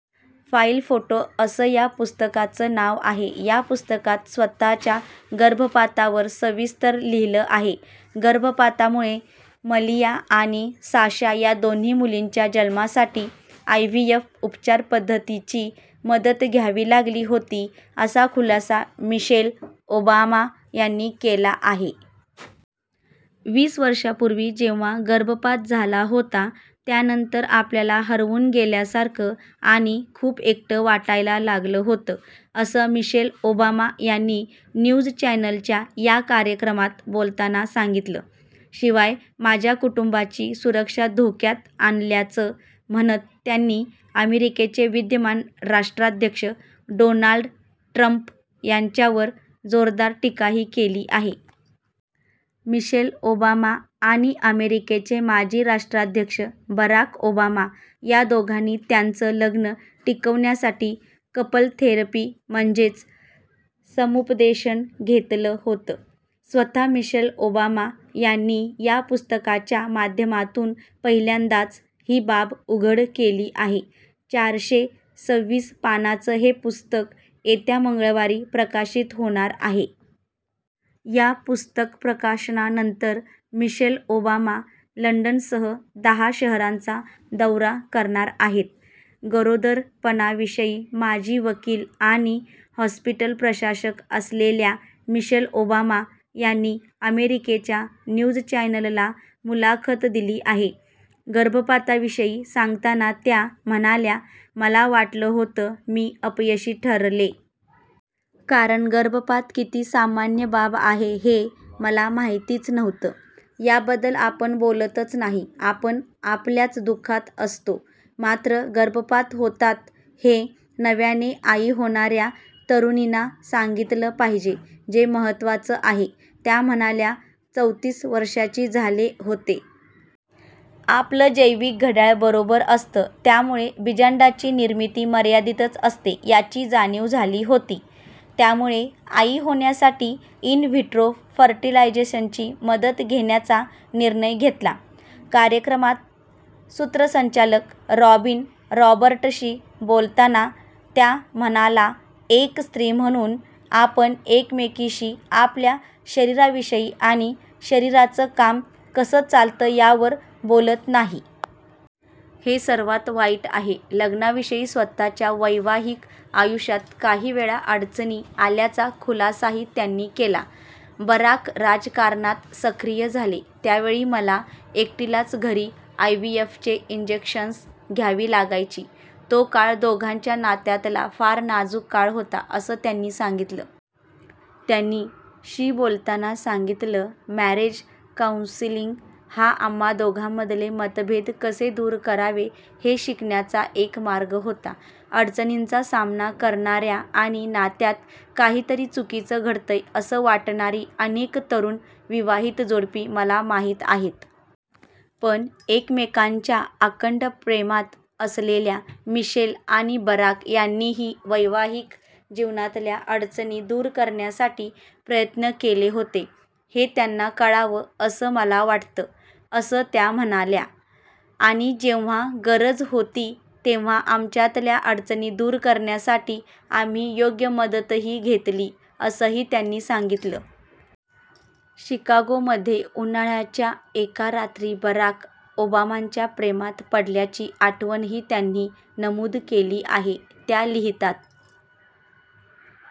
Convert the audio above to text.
File photo असं या पुस्तकाचं नाव आहे. या पुस्तकात स्वतःच्या गर्भपातावर सविस्तर लिहिलं आहे. गर्भपातामुळे मलिया आणि साशा या दोन्ही मुलींच्या जन्मासाठी आयव्हीएफ उपचार पद्धतीची मदत घ्यावी लागली होती असा खुलासा मिशेल ओबामा यांनी केला आहे. वीस वर्षांपूर्वी जेव्हा गर्भपात झाला होता त्यानंतर आपल्याला हरवून गेल्यासारखं आणि खूप एकटं वाटायला लागलं होतं, असं मिशेल ओबामा यांनी न्यूज चॅनलच्या या कार्यक्रमात बोलताना सांगितलं. शिवाय माझ्या कुटुंबाची सुरक्षा धोक्यात आणल्याचं' म्हणत त्यांनी अमेरिकेचे विद्यमान राष्ट्राध्यक्ष डोनाल्ड ट्रम्प यांच्यावर जोरदार टीकाही केली आहे. मिशेल ओबामा आणि अमेरिकेचे माजी राष्ट्राध्यक्ष बराक ओबामा या दोघांनी त्यांचं लग्नं टिकवण्यासाठी 'कपल थेरपी' म्हणजेच समुपदेशन घेतलं होतं. स्वतः मिशेल ओबामा यांनी या पुस्तकाच्या माध्यमातून पहिल्यांदाच ही बाब उघड केली आहे. चारशे सविस पानांचं हे पुस्तक येत्या मंगळवारी प्रकाशित होणार आहे. या पुस्तक प्रकाशनानंतर मिशेल ओबामा लंडनसह दहा शहरांचा दौरा करणार आहेत. गरोदरपणाविषयी माजी वकील आणि हॉस्पिटल प्रशासक असलेल्या मिशेल ओबामा यांनी अमेरिकेच्या न्यूज चॅनलला मुलाखत दिली आहे. गर्भपाताविषयी सांगताना त्या म्हणाल्या मला वाटलं होत मी अपयशी ठरले. कारण गर्भपात किती सामान्य बाब आहे हे मला माहितीच नव्हतं. याबद्दल आपण बोलतच नाही. आपण आपल्याच दुःखात असतो. मात्र गर्भपात होतात, हे नव्याने आई होणाऱ्या तरुणींना सांगितलं पाहिजे. ते महत्त्वाचं आहे. त्या म्हणाल्या चौतीस वर्षांची झाले होते. आपलं जैविक घड्याळ बरोबर असतं. त्यामुळे बिजांडांची निर्मिती मर्यादितच असते याची जाणीव झाली होती. त्यामुळे आई होण्यासाठी इन-व्हिट्रो फर्टिलायझेशनची मदत घेण्याचा निर्णय घेतला. कार्यक्रमात सूत्रसंचालक रॉबिन रॉबर्टशी बोलताना त्या म्हणाला एक स्त्री म्हणून आपण एकमेकींशी आपल्या शरीराविषयी आणि शरीराच काम कसं चालतं यावर बोलत नाही. हे सर्वांत वाईट आहे. लग्नाविषयी स्वतःच्या वैवाहिक आयुष्यात काहीवेळा अडचणी आल्याचा खुलासाही त्यांनी केला. बराक राजकारणात सक्रीय झाले त्यावेळी मला एकटीलाच घरी आयव्हीएफचे इन्जेक्शन्स घ्यावी लागायची. तो काळ दोघांच्या नात्यातला फार नाजूक काळ होता असं त्यांनी सांगितलं. त्यांनी शी बोलताना सांगितलं, मॅरेज काउंसिलिंग हा आम्हा दोघांमधले मतभेद कसे दूर करावे, हे शिकण्याचा एक मार्ग होता. अडचणींचा सामना करणाऱ्या आणि नात्यात काहीतरी चुकीचं घडतंय, असं वाटणारी अनेक तरुण विवाहित जोडपी मला माहीत आहेत. पण एकमेकांच्या आकंठ प्रेमात असलेल्या मिशेल आणि बराक यांनीही वैवाहिक जीवनातल्या अडचणी दूर करण्यासाठी प्रयत्न केले होते, हे त्यांना कळावं असं मला वाटतं असं त्या म्हणाल्या. आणि जेव्हा गरज होती तेव्हा आमच्यातल्या अडचणी दूर करण्यासाठी आम्ही योग्य मदतही घेतली असंही त्यांनी सांगितलं. शिकागोमध्ये उन्हाळ्याच्या एका रात्री बराक ओबामांच्या प्रेमात पडल्याची आठवणही त्यांनी नमूद केली आहे. त्या लिहितात,